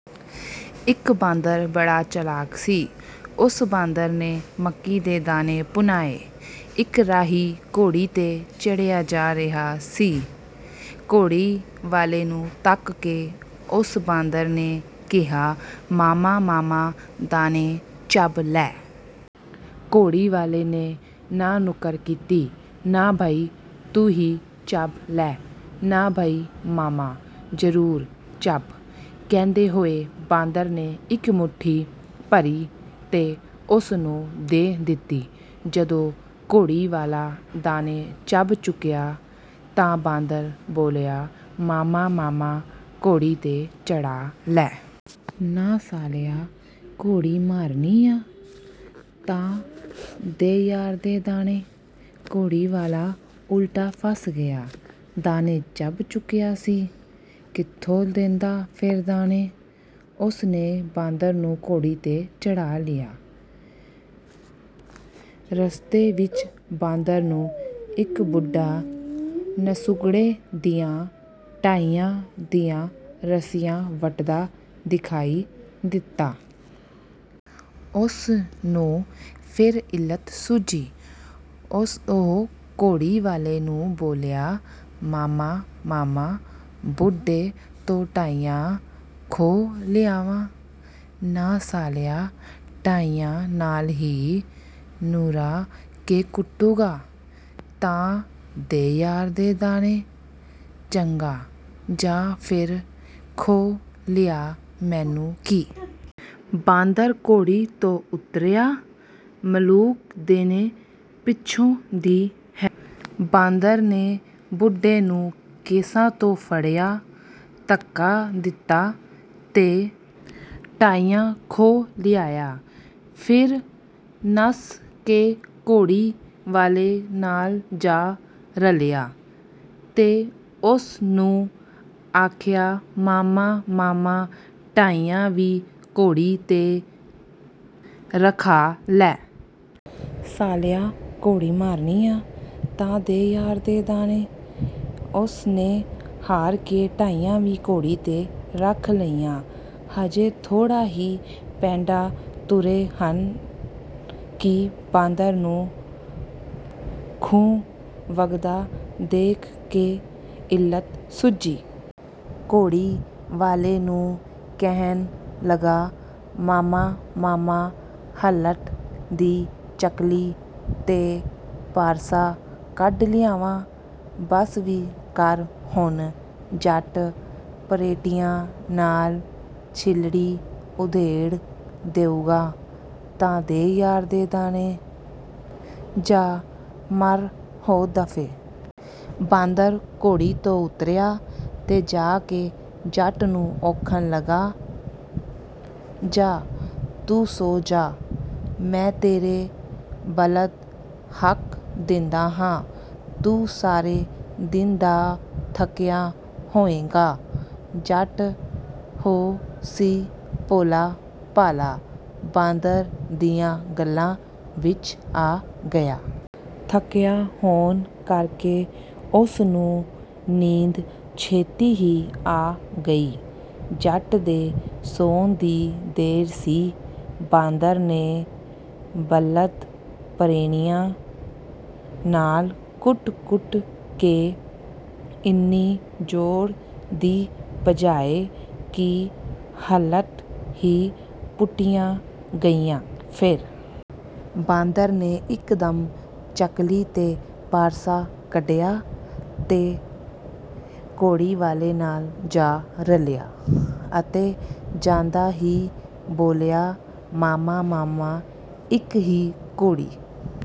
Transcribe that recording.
ਇੱਕ ਬਾਂਦਰ ਬੜਾ ਚਲਾਕ ਸੀ। ਓਸ ਬਾਂਦਰ ਨੇ ਮੱਕੀ ਦੇ ਦਾਣੇ ਭੁੰਨਾਏ। ਇੱਕ ਰਾਹੀ ਘੋੜੀ 'ਤੇ ਚੜ੍ਹਿਆ ਜਾ ਰਿਹਾ ਸੀ। ਘੋੜੀ ਵਾਲੇ ਨੂੰ ਤੱਕ ਕੇ ਓਸ ਬਾਂਦਰ ਨੇ ਕਿਹਾ, "ਮਾਮਾ, ਮਾਮਾ, ਦਾਣੇ ਚੱਬ ਲੈ।" ਘੋੜੀ ਵਾਲੇ ਨੇ ਨਾਂਹ-ਨੁੱਕਰ ਕੀਤੀ, "ਨਾ ਬਈ, ਤੂੰ ਹੀ ਚੱਬ ਲੈ।" "ਨਾ ਬਈ ਮਾਮਾ, ਜ਼ਰੂਰ ਚੱਬ," ਕਹਿੰਦੇ ਹੋਏ ਬਾਂਦਰ ਨੇ ਇੱਕ ਮੁੱਠੀ ਭਰੀ ਤੇ ਓਸ ਨੂੰ ਦੇ ਦਿੱਤੀ। ਜਦੋਂ ਘੋੜੀ ਵਾਲਾ ਦਾਣੇ ਚੱਬ ਚੁੱਕਿਆ ਤਾਂ ਬਾਂਦਰ ਬੋਲਿਆ, "ਮਾਮਾ, ਮਾਮਾ, ਘੋੜੀ 'ਤੇ ਚੜ੍ਹਾ ਲੈ।" "ਨਾ ਸਾਲਿਆ, ਘੋੜੀ ਮਾਰਨੀ ਐਂ।" "ਤਾਂ ਦੇ ਯਾਰ ਦੇ ਦਾਣੇ।" ਘੋੜੀ ਵਾਲਾ ਉਲਟਾ ਫਸ ਗਿਆ। ਦਾਣੇ ਚੱਬ ਚੁੱਕਿਆ ਸੀ, ਕਿੱਥੋਂ ਦਿੰਦਾ ਫੇਰ ਦਾਣੇ? ਓਸ ਨੇ ਬਾਂਦਰ ਨੂੰ ਘੋੜੀ 'ਤੇ ਚੜ੍ਹਾ ਲਿਆ। ਰਸਤੇ ਵਿੱਚ ਬਾਂਦਰ ਨੂੰ ਇੱਕ ਬੁੱਢਾ ਨਸੁੱਕੜੇ ਦੀਆਂ ਢਾਈਆਂ ਦੀਆਂ ਰੱਸੀਆਂ ਵੱਟਦਾ ਦਿਖਾਈ ਦਿੱਤਾ। ਉਸ ਨੂੰ ਫੇਰ ਇਲਤ ਸੁੱਝੀ। ਉਸ ਤੋਂ ਘੋੜੀ ਵਾਲੇ ਨੂੰ ਬੋਲਿਆ, "ਮਾਮਾ, ਮਾਮਾ, ਬੁੱਢੇ ਤੋਂ ਢਾਈਆਂ ਖੋਹ ਲਿਆਵਾਂ।" "ਨਾ ਸਾਲਿਆ, ਢਾਈਆਂ ਨਾਲ ਹੀ ਨੂਰਾ ਕੇ ਕੁੱਟੂਗਾ?" "ਤਾਂ ਦੇ ਯਾਰ ਦੇ ਦਾਣੇ।" "ਚੰਗਾ, ਜਾਹ ਫੇਰ ਖੋਹ ਲਿਆ, ਮੈਨੂੰ ਕੀ।" ਬਾਂਦਰ ਘੋੜੀ ਤੋਂ ਉਤਰਿਆ। ਮਲੂਕ ਦੇਣੇ ਪਿੱਛੋਂ ਦੀ ਹੋ ਬਾਂਦਰ ਨੇ ਬੁੱਢੇ ਨੂੰ ਕੇਸਾਂ ਤੋਂ ਫੜਿਆ, ਧੱਕਾ ਦਿੱਤਾ ਤੇ ਢਾਈਆਂ ਖੋਹ ਲਿਆਇਆ। ਫਿਰ ਨੱਸ ਕੇ ਘੋੜੀ ਵਾਲੇ ਨਾਲ ਜਾ ਰਲਿਆ ਤੇ ਓਸ ਨੂੰ ਆਖਿਆ, "ਮਾਮਾ, ਮਾਮਾ, ਢਾਈਆਂ ਵੀ ਘੋੜੀ 'ਤੇ ਰਖਾ ਲੈ।" "ਸਾਲਿਆ, ਘੋੜੀ ਮਾਰਨੀ ਆ।" "ਤਾਂ ਦੇ ਯਾਰ ਦੇ ਦਾਣੇ।" ਓਸ ਨੇ ਹਾਰ ਕੇ ਢਾਈਆਂ ਵੀ ਘੋੜੀ 'ਤੇ ਰੱਖ ਲਈਆਂ। ਅਜੇ ਥੋੜ੍ਹਾ ਹੀ ਪੈਂਡਾ ਤੁਰੇ ਹਨ ਕਿ ਬਾਂਦਰ ਨੂੰ ਖੂਹ ਵਗਦਾ ਦੇਖ ਕੇ ਇਲਤ ਸੁੱਝੀ। ਘੋੜੀ ਵਾਲੇ ਨੂੰ ਕਹਿਣ ਲੱਗਾ, "ਮਾਮਾ, ਮਾਮਾ, ਹਲਟ ਦੀ ਚੱਕਲੀ ਤੇ ਪਾਰਸਾ ਕੱਢ ਲਿਆਵਾਂ।" "ਬਸ ਵੀ ਕਰ ਹੁਣ। ਜੱਟ ਪਰੈਣੀਆਂ ਨਾਲ ਛਿਲੜੀ ਉਧੇੜ ਦਊਗਾ।" "ਤਾਂ ਦੇ ਯਾਰ ਦੇ ਦਾਣੇ।" "ਜਾਹ ਮਰ ਹੋ ਦਫੇ।" ਬਾਂਦਰ ਘੋੜੀ ਤੋਂ ਉਤਰਿਆ ਤੇ ਜਾ ਕੇ ਜੱਟ ਨੂੰ ਔਖਣ ਲੱਗਾ, "ਜਾਹ, ਤੂੰ ਸੌਂ ਜਾ। ਮੈਂ ਤੇਰੇ ਬਲਦ ਹੱਕ ਦਿੰਦਾ ਹਾਂ। ਤੂੰ ਸਾਰੇ ਦਿਨ ਦਾ ਥੱਕਿਆ ਹੋਏਂਗਾ।" ਜੱਟ ਹੋ ਸੀ ਭੋਲਾ-ਭਾਲਾ। ਬਾਂਦਰ ਦੀਆਂ ਗੱਲਾਂ ਵਿੱਚ ਆ ਗਿਆ। ਥੱਕਿਆ ਹੋਣ ਕਰਕੇ ਓਸ ਨੂੰ ਨੀਂਦ ਛੇਤੀ ਹੀ ਆ ਗਈ। ਜੱਟ ਦੇ ਸੌਣ ਦੀ ਦੇਰ ਸੀ, ਬਾਂਦਰ ਨੇ ਬਲਦ ਪਰੈਣੀਆਂ ਨਾਲ ਕੁੱਟ-ਕੁੱਟ ਕੇ ਇੰਨੇ ਜ਼ੋਰ ਦੀ ਭਜਾਏ ਕਿ ਹਲਟ ਹੀ ਪੁੱਟਿਆ ਗਿਆ। ਫੇਰ ਬਾਂਦਰ ਨੇ ਇੱਕਦਮ ਚੱਕਲੀ ਤੇ ਪਾਰਸਾ ਕੱਢਿਆ ਤੇ ਘੋੜੀ ਵਾਲੇ ਨਾਲ ਜਾ ਰਲਿਆ ਅਤੇ ਜਾਂਦਾ ਹੀ ਬੋਲਿਆ, "ਮਾਮਾ, ਮਾਮਾ, ਇਕ ਹੀ ਘੋੜੀ